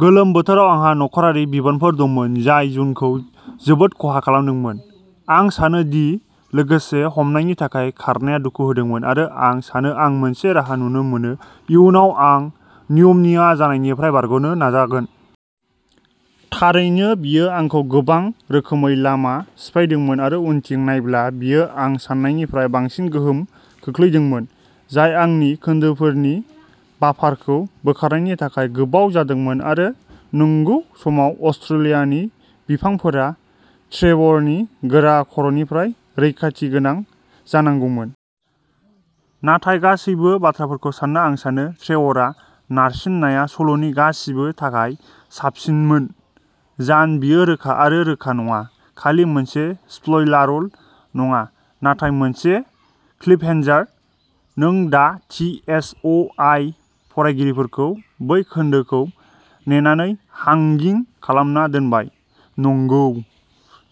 गोलोम बोथोराव आंहा नखरारि बिबानफोर दंमोन जाय जुनखौ जोबोद खहा खालामदोंमोन। आं सानो दि लोगोसे हमनायनि थाखाय खारनाया दुखु होदोंमोन आरो आं सानो आं मोनसे राहा नुनो मोनो इयुनाव आं निउम'निया जानायनिफ्राय बारग'नो नाजागोन। थारैनो बेयो आंखौ गोबां रोखोमै लामा सिफायदोंमोन आरो उनथिं नायब्ला बेयो आं सान्नायनिफ्राय बांसिन गोहोम खोख्लैदोंमोन जाय आंनि खोन्दोफोरनि बाफारखौ बोखारनायनि थाखाय गोबाव जादोंमोन आरो नंगौ सोनाब अस्ट्रेलियानि बिफांफोरा ट्रेवरनि गोरा खर'निफ्राय रैखाथि गोनां जानांगौमोन। नाथाय गासैबो बाथ्राफोरखौ सान्ना आं सानो ट्रेवरआ नारसिननाया सल'नि गासिबो थाखाय साबसिनमोन। जान बेयो रोखा आरो रोखा नङा खालि मोनसे स्पइलारल' नङा नाथाय मोनसे क्लिफहेन्जार! नों दा थि एस अ आइ फरायगिरिफोरखौ बै खोन्दोखौ नेनानै हांगिं खालामना दोनबाय नंगौ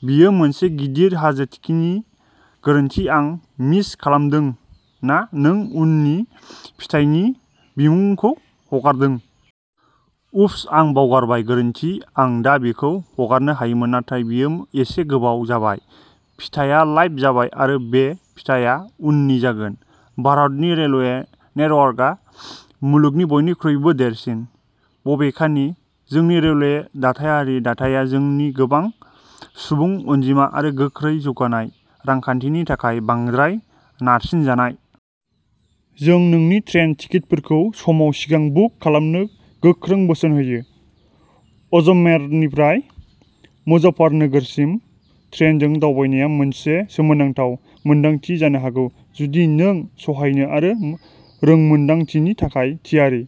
बेयो मोनसे गिदिर हाजो थिखिनि गोरोन्थि आं मिस खालामदों ना नों उननि फिथाइनि बिमुंखौ हगारदों? उफ्स आं बावगारबाय गोरोन्थि आं दा बेखौ हगारनो हायोमोन नाथाय बेयो एसे गोबाव जाबाय फिथाया लाइभ जाबाय आरो बे फिथाया उननि जागोन। भारतनि रेलवे नेटवर्कआ मुलुगनि बयनिख्रुइबो देरसिन। बबेखानि जोंनि रेलवे दाथायारि दाथाइया जोंनि गोबां सुबुं अनजिमा आरो गोख्रै जौगानाय रांखान्थिनि थाखाय बांद्राय नारसिनजानाय। जों नोंनि ट्रेन टिकेटफोरखौ समाव सिगां बुक खालामनो गोख्रों बोसोन होयो। अजमेरनिफ्राय मुजफ्फरनगरसिम ट्रेनजों दावबायनाया मोनसे सोमोनांथाव मोनदांथि जानो हागौ जुदि नों सहायनो आरो रोंमोन्दांथिनि थाखाय थियारि।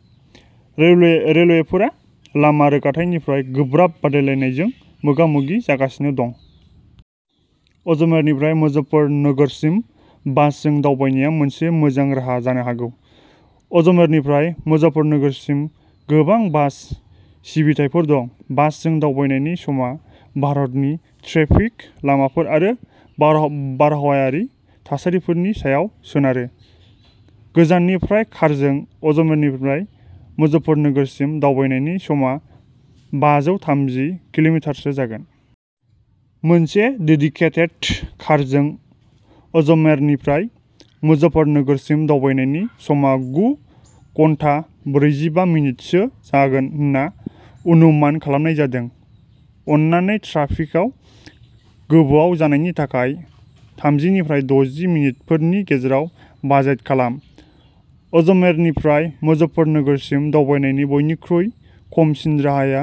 रेलवे रेलवेफोरा लामा रोगाथाइनिफ्राय गोब्राब बादायलायनायजों मोगा-मोगि जागासिनो दं। अजमेरनिफ्राय मुजफ्फरनगरसिम बासजों दावबायनाया मोनसे मोजां राहा जानो हागौ। अजमेरनिफ्राय मुजफ्फरनगरसिम गोबां बास सिबिथायफोर दं। बासजों दावबायनायनि समा भारतनि ट्रेफिक लामाफोर आरो बार बारहावायारि थासारिफोरनि सायाव सोनारो। गोजाननिफ्राय कारजों अजमेरनिफ्राय मुजफ्फरनगरसिम दावबायनायनि समा बाजौ थामजि किल'मिटारसो जागोन। मोनसे डेडिकेटेड कारजों अजमेरनिफ्राय मुजफ्फरनगरसिम दावबायनायनि समआ गु घन्टाब्रैजिबा मिनिटसो जागोन होनना अनुमान खालामनाय जादों। अन्नानै ट्राफिकाव गोबाव जानायनि थाखाय थामजिनिफ्राय दजि मिनिटफोरनि गेजेराव बाजेट खालाम। अजमेरनिफ्राय मुजफ्फरनगरसिम दावबायनायनि बयनिख्रुइ खमसिन राहाया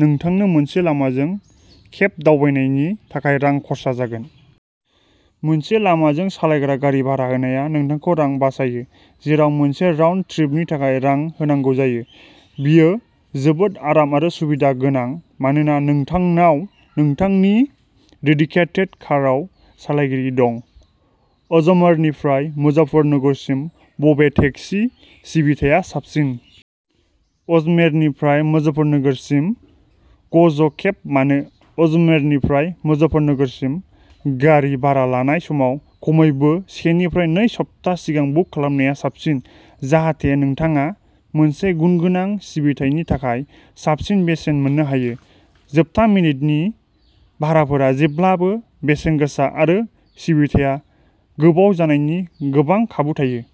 नोंथांनो मोनसे लामाजों केब दावबायनायनि थाखाय रां खर्सा जागोन। मोनसे लामाजों सालायग्रा गारि भारा होनाया नोंथांखौ रां बासायो जेराव मोनसे राउन्ड ट्रिपनि थाखाय रां होनांगौ जायो। बेयो जोबोद आराम आरो सुबिदा गोनां मानोना नोंथांनाव नोंथांनि डेडिकेटेड कारआव सालायगिरि दं। अजमेरनिफ्राय मुजफ्फरनगरसिम बबे टेक्सि सिबिथाया साबसिन? अजमेरनिफ्राय मुजफ्फरनगरसिम ग'ज'केब मानो? अजमेरनिफ्राय मुजफ्फरनगरसिम गारि भारा लानाय समाव खमैबो सेनिफ्राय नै सप्ता सिगां बुक खालामनाया साबसिन जाहाथे नोंथाङा मोनसे गुनगोनां सिबिथायनि थाखाय साबसिन बेसेन मोननो हायो। जोबथा मिनिटनि भाराफोरा जेब्लाबो बेसेन गोसा आरो सिबिथाया गोबाव जानायनि गोबां खाबु थायो।